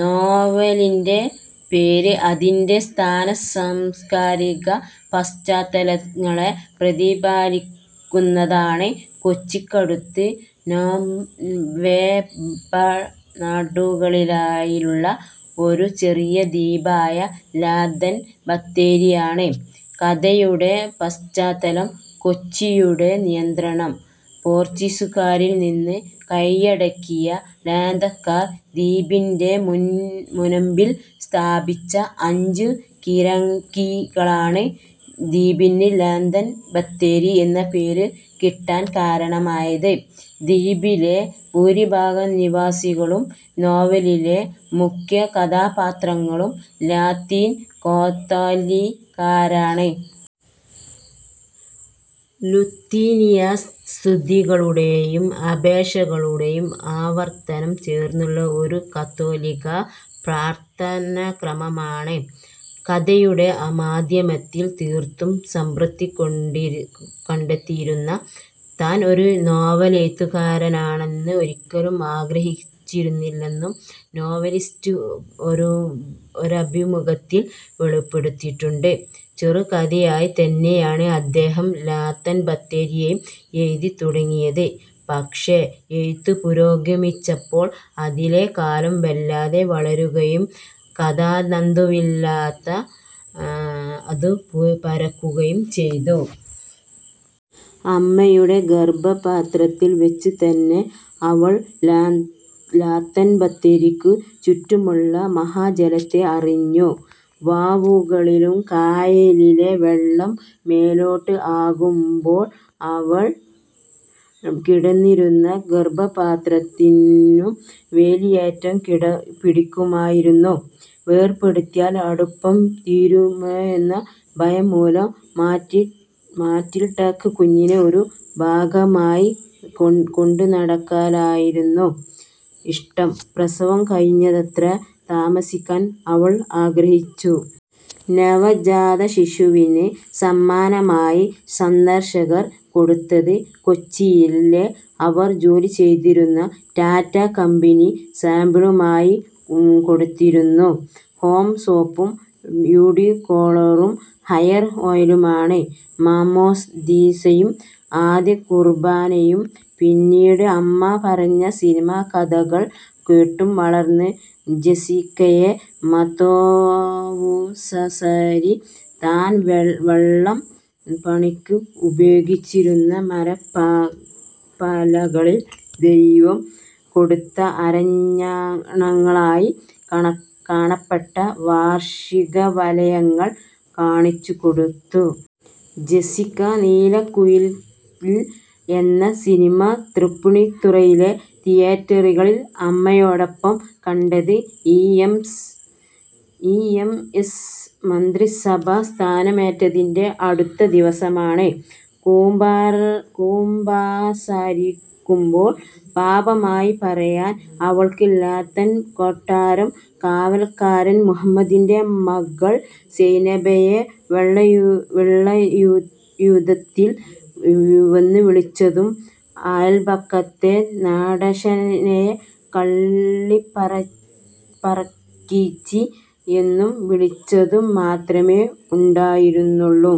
നോവലിന്റെ പേര് അതിന്റെ സ്ഥല-സാസ്കാരികപശ്ചാത്തലങ്ങളെ പ്രതിഫലിപ്പിക്കുന്നതാണ്. കൊച്ചിക്കടുത്ത് വേമ്പനാട്ടുകായലിലുള്ള ഒരു ചെറിയ ദ്വീപായ ലന്തൻ ബത്തേരിയാണ് കഥയുടെ പശ്ചാത്തലം. കൊച്ചിയുടെ നിയന്ത്രണം പോർച്ചുഗീസുകാരിൽ നിന്ന് കയ്യടക്കിയ 'ലന്തക്കാർ' ദ്വീപിന്റെ മുനമ്പിൽ സ്ഥാപിച്ച അഞ്ചു പീരങ്കികളാണ് ദ്വീപിന് ലന്തൻ ബത്തേരി എന്ന പേരു കിട്ടാൻ കാരണമായത്. ദ്വീപിലെ ഭൂരിഭാഗം നിവാസികളും നോവലിലെ മുഖ്യകഥാപാത്രങ്ങളും ലത്തീൻ കത്തോലിക്കരാണ്. 'ലുത്തിനിയ' സ്തുതികളുടേയും അപേക്ഷകളുടേയും ആവർത്തനം ചേർന്നുള്ള ഒരു കത്തോലിക്കാ പ്രാർത്ഥാനാക്രമമാണ്. കഥയുടെ മാധ്യമത്തിൽ തീർത്തും സംതൃപ്തി കണ്ടെത്തിയിരുന്ന താൻ ഒരു നോവലെഴുതണമെന്ന് ഒരിക്കലും ആഗ്രഹിച്ചിരുന്നില്ലെന്ന് നോവലിസ്റ്റ് ഒരഭിമുഖത്തിൽ വെളിപ്പെടുത്തിയിട്ടുണ്ട്. ചെറുകഥയായി തന്നെയാണ് അദ്ദേഹം ലന്തൻ ബത്തേരിയും എഴുതി തുടങ്ങിയത്. പക്ഷേ എഴുത്തു പുരോഗമിച്ചപ്പോൾ അതിലെ കാലം വല്ലാതെ വളരുകയും കഥാതന്തുവില്ലാതെ അതു പരക്കുകയും ചെയ്തു. അമ്മയുടെ ഗർഭത്തിൽ വച്ചുതന്നെ അവൾ ലന്തൻബത്തേരിക്കുചുറ്റുമുള്ള മഹാജലത്തെ അറിഞ്ഞു. വാവുകളിൽ കായലിലെ വെള്ളം മേലോട്ട് ആയുമ്പോൾ അവൾ കിടന്നിരുന്ന ഗർഭജലത്തിനും വേലിയേറ്റം പിടിക്കുമായിരുന്നു. വേർപെടുത്തിയാൽ അടുപ്പം തീരുമോയെന്ന ഭയം മൂലം മറ്റിൽഡക്ക് കുഞ്ഞിനെ തന്റെ ഭാഗമായി കൊണ്ടുനടക്കാനായിരുന്നു ഇഷ്ടം. പ്രസവം കഴിയുന്നത്ര താമസിപ്പിക്കാൻ അവൾ ആഗ്രഹിച്ചു. നവജാതശിശുവിന് സമ്മാനമായി സന്ദർശകർ കൊടുത്തത് കൊച്ചിയിൽ അവർ ജോലി ചെയ്തിരുന്ന റ്റാറ്റാ കമ്പനി സാമ്പിളുകളായി കൊടുത്തിരുന്ന ഹമാം സോപ്പും, യുഡികൊളോണും, ഹെയർ ഓയിലുമാണ്. മാമ്മോദീസയും ആദ്യകുർബ്ബാനയും പിന്നിട്ടും അമ്മ പറഞ്ഞ സിനിമാക്കഥകൾ കേട്ടും വളർന്ന ജെസ്സിക്കയെ മത്തേവൂസാശാരി താൻ വള്ളം പണിക്ക് ഉപയോഗിച്ചിരുന്ന മരപ്പലകകളിൾ ദൈവം കൊടുത്ത അരഞ്ഞാണങ്ങളായി കാണപ്പെട്ട വാർഷികവലയങ്ങൾ കാണിച്ചുകൊടുത്തു. ജെസ്സിക്ക 'നീലക്കുയിൽ' എന്ന സിനിമ തൃപ്പൂണിത്തുറയിലെ തിയേറ്ററിയിൽ അമ്മയോടൊപ്പം കണ്ടത് ഇ. എം. എസ്. മന്ത്രിസഭ സ്ഥാനമേറ്റതിന്റെ അടുത്ത ദിവസമാണ്. കുമ്പസാരിക്കുമ്പോൾ പാപമായി പറയാൻ അവൾക്ക് ലന്തൻ കൊട്ടാരം കാവൽക്കാരൻ മുഹമ്മദിന്റെ മകൾ സൈനബയെ 'വെള്ളയൂദത്തി' എന്നുവിളിച്ചതും അയല്പക്കത്തെ നടാഷയെ 'കള്ളിപ്പറങ്കിച്ചി' എന്നു വിളിച്ചതും മാത്രമേ ഉണ്ടായിരുന്നുള്ളു.